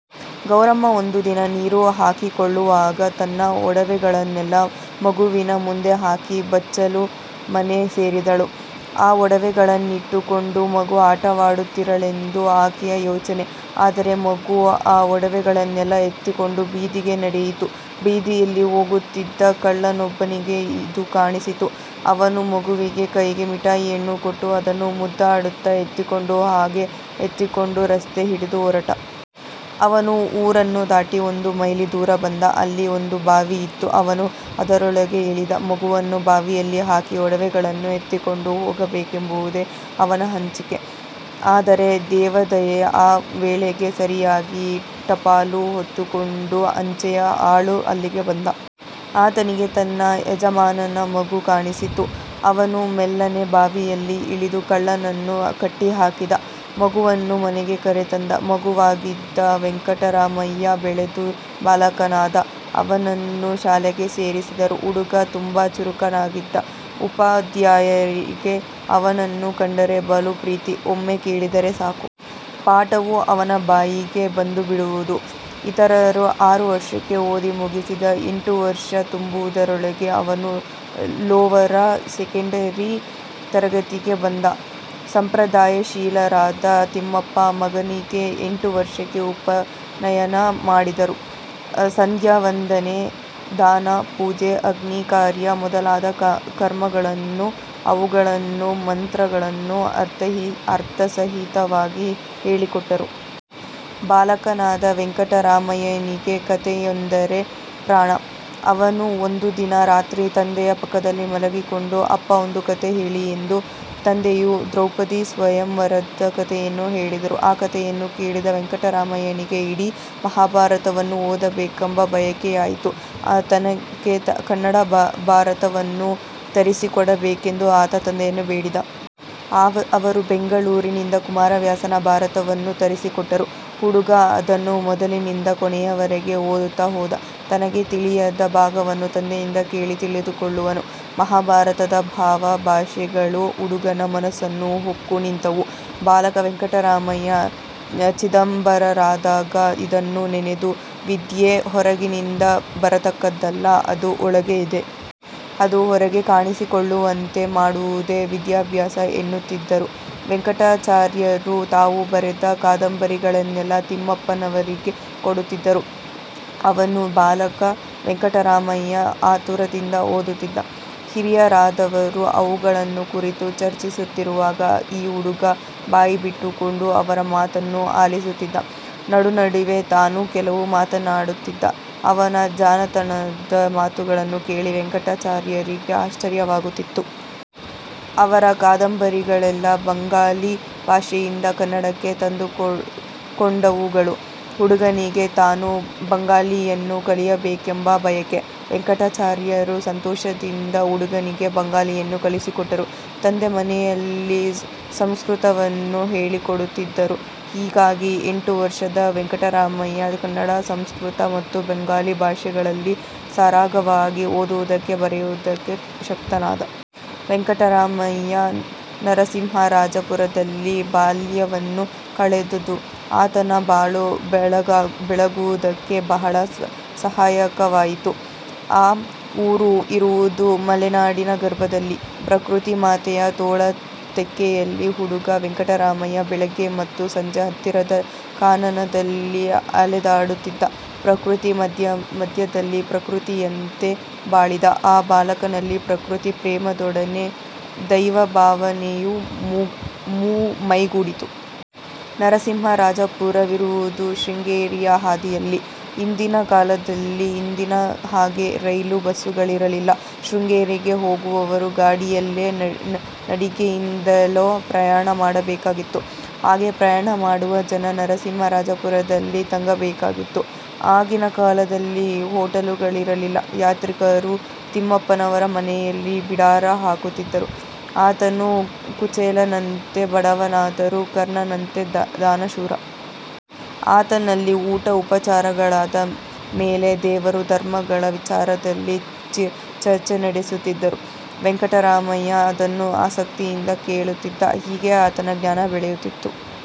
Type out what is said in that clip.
ಗೌರಮ್ಮ ಒಂದು ದಿನ ನೀರು ಹಾಕಿಕೊಳ್ಳುವಾಗ ತನ್ನ ಒಡವೆಗಳನ್ನೆಲ್ಲ ಮಗುವಿನ ಮುಂದೆ ಹಾಕಿ ಬಚ್ಚಲು ಮನೆ ಸೇರಿದಳು. ಆ ಒಡವೆಗಳನ್ನಿಟ್ಟುಕೊಂಡು ಮಗು ಆಟವಾಡುತ್ತಿರಲೆಂದು ಆಕೆಯ ಯೋಚನೆ. ಆದರೆ ಮಗು ಆ ಒಡವೆಗಳನ್ನೆಲ್ಲ ಎತ್ತಿಕೊಂಡು ಬೀದಿಗೆ ನಡೆಯಿತು. ಬೀದಿಯಲ್ಲಿ ಹೋಗುತ್ತಿದ್ದ ಕಳ್ಳನೊಬ್ಬನಿಗೆ ಇದು ಕಾಣಿಸಿತು. ಅವನು ಮಗುವಿಗೆ ಕೈಗೆ ಮಿಠಾಯಿಯನ್ನು ಕೊಟ್ಟು, ಅದನ್ನು ಮುದ್ದಾಡುತ್ತಾ ಎತ್ತಿಕೊಂಡ: ಹಾಗೆ ಎತ್ತಿಕೊಂಡು ರಸ್ತೆ ಹಿಡಿದು ಹೊರಟ. ಅವನು ಊರನ್ನು ದಾಟಿ, ಒಂದು ಮೈಲಿ ದೂರ ಬಂದ. ಅಲ್ಲಿ ಒಂದು ಬಾವಿ ಇತ್ತು. ಅವನು ಅದರೊಳಗೆ ಇಳಿದ. ಮಗುವನ್ನು ಬಾವಿಯಲ್ಲಿ ಹಾಕಿ, ಒಡವೆಗಳನ್ನು ಎತ್ತಿಕೊಂಡು ಹೋಗಬೇಕೆಂಬುವುದೇ ಅವನ ಹಂಚಿಕೆ. ಆದರೆ ದೇವ ದಯೆ ಆ ವೇಳೆಗೆ ಸರಿಯಾಗಿ ಟಪಾಲು ಹೊತ್ತುಕೊಂಡು ಅಂಚೆಯ ಆಳು ಅಲ್ಲಿಗೆ ಬಂದ. ಆತನಿಗೆ ತನ್ನ ಯಜಮಾನನ ಮಗು ಕಾಣಿಸಿತು. ಅವನು ಮೆಲ್ಲನೆ ಬಾವಿಯಲ್ಲಿ ಇಳಿದು ಕಳ್ಳನನ್ನು ಕಟ್ಟಿಹಾಕಿದ. ಮಗುವನ್ನು ಮನೆಗೆ ಕರೆ ತಂದ. ಮಗುವಾಗಿದ್ದ ವೆಂಕಟರಾಮಯ್ಯ ಬೆಳೆದು ಬಾಲಕನಾದ. ಅವನನ್ನು ಶಾಲೆಗೆ ಸೇರಿಸಿದರು. ಹುಡುಗ ತುಂಬಾ ಚುರುಕನಾಗಿದ್ದ. ಉಪಾದ್ಯಾಯರಿಗೆ ಅವನನ್ನು ಕಂಡರೆ ಬಲು ಪ್ರೀತಿ. ಒಮ್ಮೆ ಕೇಳಿದರೆ ಸಾಕು. ಪಾಠವು ಅವನ ಬಾಯಿಗೆ ಬಂದುಬಿಡುವುದು. ಇತರರು ಆರು ವರ್ಷಕ್ಕೆ ಓದಿ ಮುಗಿಸಿದ. ಎಂಟು ವರ್ಷ ತುಂಬುವುದರೊಳಗೆ ಅವನು ಲೋವರ ಸೆಕೆಂಡರಿ ತರಗತಿಗೆ ಬಂದ. ಸಂಪ್ರದಾಯಶೀಲರಾದ ತಿಮ್ಮಪ್ಪ ಮಗನಿಗೆ ಎಂಟು ವರ್ಷಕ್ಕೆ ಉಪನಯನ ಮಾಡಿದರು. ಸಂದ್ಯಾವಂದನೆ, ದಾನ, ಪೂಜೆ, ಅಗ್ನಿ ಕಾರ್ಯ ಮೊದಲಾದ ಕರ್ಮಗಳನ್ನು ಅವುಗಳನ್ನು ಮಂತ್ರಗಳನ್ನು ಅರ್ಥಸಹಿತವಾಗಿ ಹೇಳಿಕೊಟ್ಟರು. ಬಾಲಕನಾದ ವೆಂಕಟರಾಮಯ್ಯನಿಗೆ ಕಥೆಯೆಂದರೆ ಪ್ರಾಣ. ಅವನು ಒಂದು ದಿನ ರಾತ್ರಿ ತಂದೆಯ ಪಕ್ಕದಲ್ಲಿ ಮಲಗಿಕೊಂಡು, "ಅಪ್ಪಾ ಒಂದು ಕಥೆ ಹೇಳಿ:" ಎಂದ. ತಂದೆಯು ದ್ರೌಪದಿ ಸ್ವಯಂ ವರದ ಕಥೆಯನ್ನು ಹೇಳಿದರು. ಆ ಕಥೆಯನ್ನು ಕೇಳಿದ ವೆಂಕಟರಾಮಯ್ಯನಿಗೆ ಇಡೀ ಮಹಾಭಾರತವನ್ನು ಓದಬೇಕೆಂಬ ಬಯಕೆಯಾಯಿತು. ತನಗೆ ಕನ್ನಡ ಭಾರತವನ್ನು ತರಿಸಿಕೊಡಬೇಕೆಂದು ಆತ ತಂದೆಯನ್ನು ಬೇಡಿದ. ಅವರು ಬೆಂಗಳೂರಿನಿಂದ ಕುಮಾರವ್ಯಾಸನ ಭಾರತವನ್ನು ತರಿಸಿಕೊಟ್ಟರು. ಹುಡುಗ ಅದನ್ನು ಮೊದಲಿನಿಂದ ಕೊನೆಯವರೆಗೆ ಓದುತ್ತಾ ಹೋದ. ತನಗೆ ತಿಳಿಯದ ಭಾಗವನ್ನು ತಂದೆಯಿಂದ ಕೇಳಿ ತಿಳಿದುಕೊಳ್ಳುವನು. ಮಹಾಭಾರತದ ಭಾವ, ಭಾಷೆಗಳು ಹುಡುಗನ ಮನಸ್ಸನ್ನು ಹೊಕ್ಕು ನಿಂತವು. ಬಾಲಕ ವೆಂಕಟರಾಮಯ್ಯ ಚಿದಂಬರರಾದಾಗ ಇದನ್ನು ನೆನೆದು, ವಿದ್ಯೆ ಹೊರಗಿನಿಂದ ಬರತಕ್ಕದ್ದಲ್ಲ: ಅದು ಒಳಗೆ ಇದೆ. ಅದು ಹೊರಗೆ ಕಾಣಿಸಿಕೊಳ್ಳುವಂತೆ ಮಾಡುವುದೇ ವಿಧ್ಯಾಬ್ಯಾಸ ಎನ್ನುತ್ತಿದ್ದರು. ವೆಂಕಟಾಚಾರ್ಯರು ತಾವು ಬರೆದ ಕಾದಂಬರಿಗಳನ್ನೆಲ್ಲ ತಿಮ್ಮಪ್ಪನವರಿಗೆ ಕೊಡುತಿದ್ದರು. ಅವನ್ನು ಬಾಲಕ ವೆಂಕಟರಾಮಯ್ಯ ಆತುರದಿಂದ ಓದುತ್ತಿದ್ದ. ಹಿರಿಯರಾದವರು ಅವುಗಳನ್ನು ಕುರಿತು ಚರ್ಚಿಸುತ್ತಿರುವಾಗ ಈ ಹುಡುಗ ಬಾಯಿಬಿಟ್ಟುಕೊಂಡು ಅವರ ಮಾತನ್ನು ಆಲಿಸುತ್ತಿದ್ದ. ನಡು-ನಡುವೆ ತಾನೂ ಕೆಲವು ಮಾತನ್ನಾಡುತ್ತಿದ್ದ. ಅವನ ಜಾಣತನದ ಮಾತುಗಳನ್ನು ಕೇಳಿ ವೆಂಕಟಾಚಾರ್ಯರಿಗೆ ಆಶ್ಚರ್ಯವಾಗುತ್ತಿತ್ತು. ಅವರ ಕಾದಂಬರಿಗಳೆಲ್ಲ ಬಂಗಾಳಿ ಭಾಷೆಯಿಂದ ಕನ್ನಡಕ್ಕೆ ತಂದುಕೊಂಡವುಗಳು. ಹುಡುಗನಿಗೆ ತಾನೂ ಬಂಗಾಳಿಯನ್ನು ಕಲಿಯಬೇಕೆಂಬ ಬಯಕೆ. ವೆಂಕಟಾಚಾರ್ಯರು ಸಂತೋಷದಿಂದ ಹುಡುಗನಿಗೆ ಬಂಗಾಳಿಯನ್ನು ಕಲಿಸಿಕೊಟ್ಟರು. ತಂದೆ ಮನೆಯಲ್ಲಿ ಸಂಸ್ಕೃತವನ್ನು ಹೇಳಿಕೊಡುತ್ತಿದ್ದರು. ಹೀಗಾಗಿ ಎಂಟು ವರ್ಷದ ವೆಂಕಟರಾಮಯ್ಯ ಕನ್ನಡ, ಸಂಸ್ಕೃತ ಮತ್ತು ಬಂಗಾಳಿ ಭಾಷೆಗಳಲ್ಲಿ ಸರಾಗವಾಗಿ ಓದುವುದಕ್ಕೂ ಬರೆಯುವುದಕ್ಕೂ ಶಕ್ತನಾದ. ವೆಂಕಟರಾಮಯ್ಯ ನರಸಿಂಹರಾಜಪುರದಲ್ಲಿ ಬಾಲ್ಯವನ್ನು ಕಳೆದುದು ಆತನ ಬಾಳು ಬೆಳಗುವುದಕ್ಕೆ ಬಹಳ ಸಹಾಯಕವಾಯಿತು. ಆ ಊರು ಇರುವುದು ಮಲೆನಾಡಿನ ಗರ್ಭದಲ್ಲಿ; ಪ್ರಕೃತಿ ಮಾತೆಯ ತೋಳ ತೆಕ್ಕೆಯಲ್ಲಿ ಹುಡುಗ ವೆಂಕಟರಾಮಯ್ಯ ಬೆಳಿಗ್ಗೆ ಮತ್ತು ಸಂಜೆ ಹತ್ತಿರದ ಕಾನನದಲ್ಲಿ ಅಲೆದಾಡುತ್ತಿದ್ದ. ಪ್ರಕೃತಿ ಮಧ್ಯದಲ್ಲಿ ಪ್ರಕೃತಿಯಂತೆ ಬಾಳಿದ ಆ ಬಾಲಕನಲ್ಲಿ ಪ್ರಕೃತಿ ಪ್ರೇಮದೊಡನೆ ದೈವಭಾವನೆಯೂ ಮೈಗೂಡಿತು. ನರಸಿಂಹರಾಜಪುರವಿರುವುದು ಶೃಂಗೇರಿಯ ಹಾದಿಯಲ್ಲಿ. ಹಿಂದಿನ ಕಾಲದಲ್ಲಿ ಇಂದಿನ ಹಾಗೆ ರೈಲು, ಬಸ್ಸುಗಳೀರಲಿಲ್ಲ. ಶೃಂಗೇರಿಗೆ ಹೋಗುವವರು ಗಾಡಿಯಲ್ಲೊ, ನಡಿಗೆಯಿಂದಲೋ ಪ್ರಯಣ ಮಾಡಬೇಕಾಗಿತ್ತು. ಹಾಗೆ ಪ್ರಯಾಣ ಮಾಡುವ ಜನ ನರಸಿಂಹರಾಜಪುರದಲ್ಲಿ ತಂಗಬೇಕಾಗಿತ್ತು. ಆಗಿನ ಕಾಲದಲ್ಲಿ ಹೋಟೆಲುಗಳಿರಲಿಲ್ಲ. ಯಾತ್ರಿಕರು ತಿಮ್ಮಪ್ಪನವರ ಮನೆಯಲ್ಲಿ ಬಿಡಾರ ಹಾಕುತ್ತಿದ್ದರು. ಆತನು ಕುಚೇಲನಂತೆ ಬಡವನಾದರೂ ಕರ್ಣನಂತೆ ದಾನಶೂರ. ಆತನಲ್ಲಿ ಊಟ ಉಪಚಾರಗಳಾದ ಮೇಲೆ ದೇವರು- ಧರ್ಮಗಳ ವಿಚಾರದಲ್ಲಿ ಚಿರ್ಚೆ ನಡೆಸುತ್ತಿದ್ದರು. ವೆಂಕಟರಾಮಯ್ಯ ಅದನ್ನು ಆಸಕ್ತಿಯಿಂದ ಕೇಳುತ್ತಿದ್ದ. ಹೀಗೆ ಆತನ ಜ್ಞಾನ ಬೆಳೆಯುತ್ತಿತ್ತು.